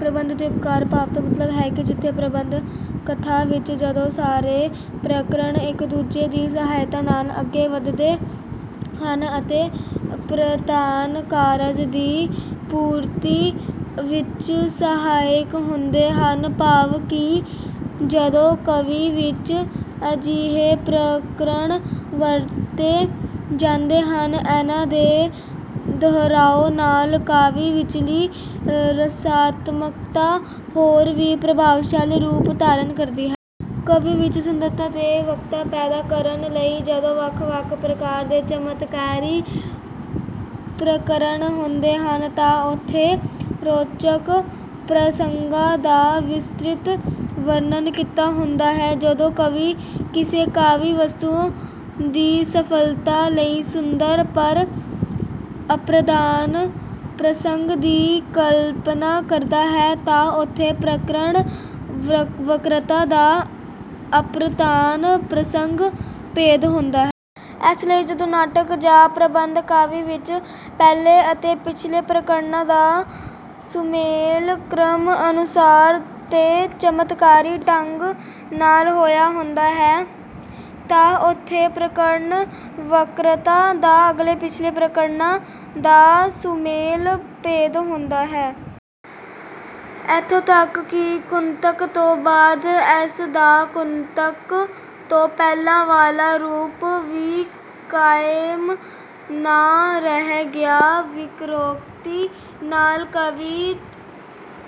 ਪ੍ਰਬੰਧ ਤੇ ਉਪਕਾਰ ਭਾਵ ਤੋਂ ਮਤਲਬ ਹੈ ਕਿ ਜਿੱਥੇ ਪ੍ਰਬੰਧ ਕਥਾ ਵਿੱਚ ਜਦੋਂ ਸਾਰੇ ਪ੍ਰਕਰਣ ਇੱਕ-ਦੂਜੇ ਦੀ ਸਹਾਇਤਾ ਨਾਲ ਅੱਗੇ ਵੱਧਦੇ ਹਨ ਅਤੇ ਪ੍ਰਧਾਨ ਕਾਰਜ ਦੀ ਪੂਰਤੀ ਵਿੱਚ ਸਹਾਇਕ ਹੁੰਦੇ ਹਨ। ਭਾਵ ਕਿ ਜਦੋਂ ਕਾਵਿ ਵਿੱਚ ਅਜਿਹੇ ਪ੍ਰਕਰਣ ਵਰਤੇ ਜਾਂਦੇ ਹਨ, ਇਹਨਾਂ ਦੇ ਦੁਹਰਾਉ ਨਾਲ ਕਾਵਿ ਵਿਚਲੀ ਰਸਾਤਮਕਤਾ ਹੋਰ ਵੀ ਪ੍ਰਤਿਭਾਸ਼ਾਲੀ ਰੂਪ ਧਾਰਨ ਕਰਦੀ ਹੈ। ਕਾਵਿ ਵਿੱਚ ਸੁੰਦਰਤਾ ਤੇ ਵਕ੍ਰਤਾ ਪੈਦਾ ਕਰਨ ਲਈ ਜਦੋਂ ਵੱਖ-ਵੱਖ ਪ੍ਰਕਾਰ ਦੇ ਚਮਤਕਾਰੀ ਪ੍ਰਕਰਣ ਹੁੰਦੇ ਹਨ ਤਾਂ ਉੱਥੇ ਰੌਚਕ ਪ੍ਰਸੰਗਾਂ ਦਾ ਵਿਸਤ੍ਰਿਤ ਵਰਣਨ ਕੀਤਾ ਹੁੰਦਾ ਹੈ। ਜਦੋਂ ਕਵੀ ਕਿਸੇ ਕਾਵਿ ਵਸਤੂ ਦੀ ਸਫਲਤਾ ਲਈ ਸੁੰਦਰ, ਪਰ ਅਪ੍ਰਧਾਨ ਪ੍ਰਸੰਗ ਦੀ ਕਲਪਨਾ ਕਰਦਾ ਹੈ ਤਾਂ ਉੱਥੇ ਪ੍ਰਕਰਣ ਵਕ੍ਰਤਾ ਦਾ ਅਪ੍ਰਧਾਨ ਪ੍ਰਸੰਗ ਭੇਦ ਹੁੰਦਾ ਹੈ। ਇਸ ਲਈ ਜਦੋਂ ਨਾਟਕ ਜਾਂ ਪ੍ਰਬੰਧ ਕਾਵਿ ਵਿੱਚ ਪਹਿਲੇ ਅਤੇ ਪਿਛਲੇ ਪ੍ਰਕਰਣਾਂ ਦਾ ਸੁਮੇਲ ਕ੍ਰਮ ਅਨੁਸਾਰ ਤੇ ਚਮਤਕਾਰੀ ਢੰਗ ਨਾਲ ਹੋਇਆ ਹੁੰਦਾ ਹੈ ਤਾਂ ਉੱਥੇ 'ਪ੍ਰਕਰਣ ਵਕ੍ਰਤਾ' ਦਾ ਅਗਲੇ-ਪਿਛਲੇ ਪ੍ਰਕਰਣਾਂ ਦਾ ਸੁਮੇਲ ਭੇਦ ਹੁੰਦਾ ਹੈ। ਇੱਥੋਂ ਤੱਕ ਕਿ ਕੁੰਤਕ ਤੋਂ ਬਾਅਦ ਇਸ ਦਾ ਕੁੰਤਕ ਤੋਂ ਪਹਿਲਾਂ ਵਾਲਾ ਰੂਪ ਵੀ ਕਾਇਮ ਨਾ ਰਹਿ ਗਿਆ। ਵਕ੍ਰੋਕਤੀ ਨਾਲ ਕਾਵਿ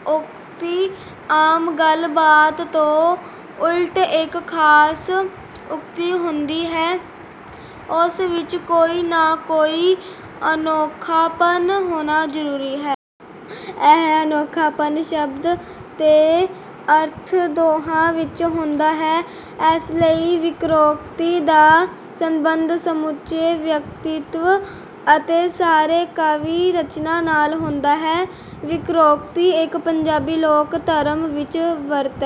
ਉਕਤੀ ਆਮ ਗੱਲ-ਬਾਤ ਤੋਂ ਉਲਟ ਇੱਕ ਖਾਸ ਉਕਤੀ ਹੁੰਦੀ ਹੈ। ਉਸ ਵਿੱਚ ਕੋਈ ਨਾ ਕੋਈ ਅਨੋਖਾਪਨ ਹੋਣਾ ਜਰੂਰੀ ਹੈ। ਇਹ ਅਨੋਖਾਪਨ ਸ਼ਬਦ ਤੇ ਅਰਥ ਦੋਹਾਂ ਵਿੱਚ ਹੁੰਦਾ ਹੈ। ਇਸ ਲਈ ਵਕ੍ਰੋਕਤੀ ਦਾ ਸੰਬੰਧ ਸਮੁੱਚੇ ਵਿਅਕਤਿਤਵ ਅਤੇ ਸਾਰੇ ਕਾਵਿ ਰਚਨਾ ਨਾਲ ਹੁੰਦਾ ਹੈ। ਵਕ੍ਰੋਕਤੀ ਇੱਕ ਪੰਜਾਬੀ ਲੋਕ ਧਰਮ ਵਿੱਚ ਵਰਤ।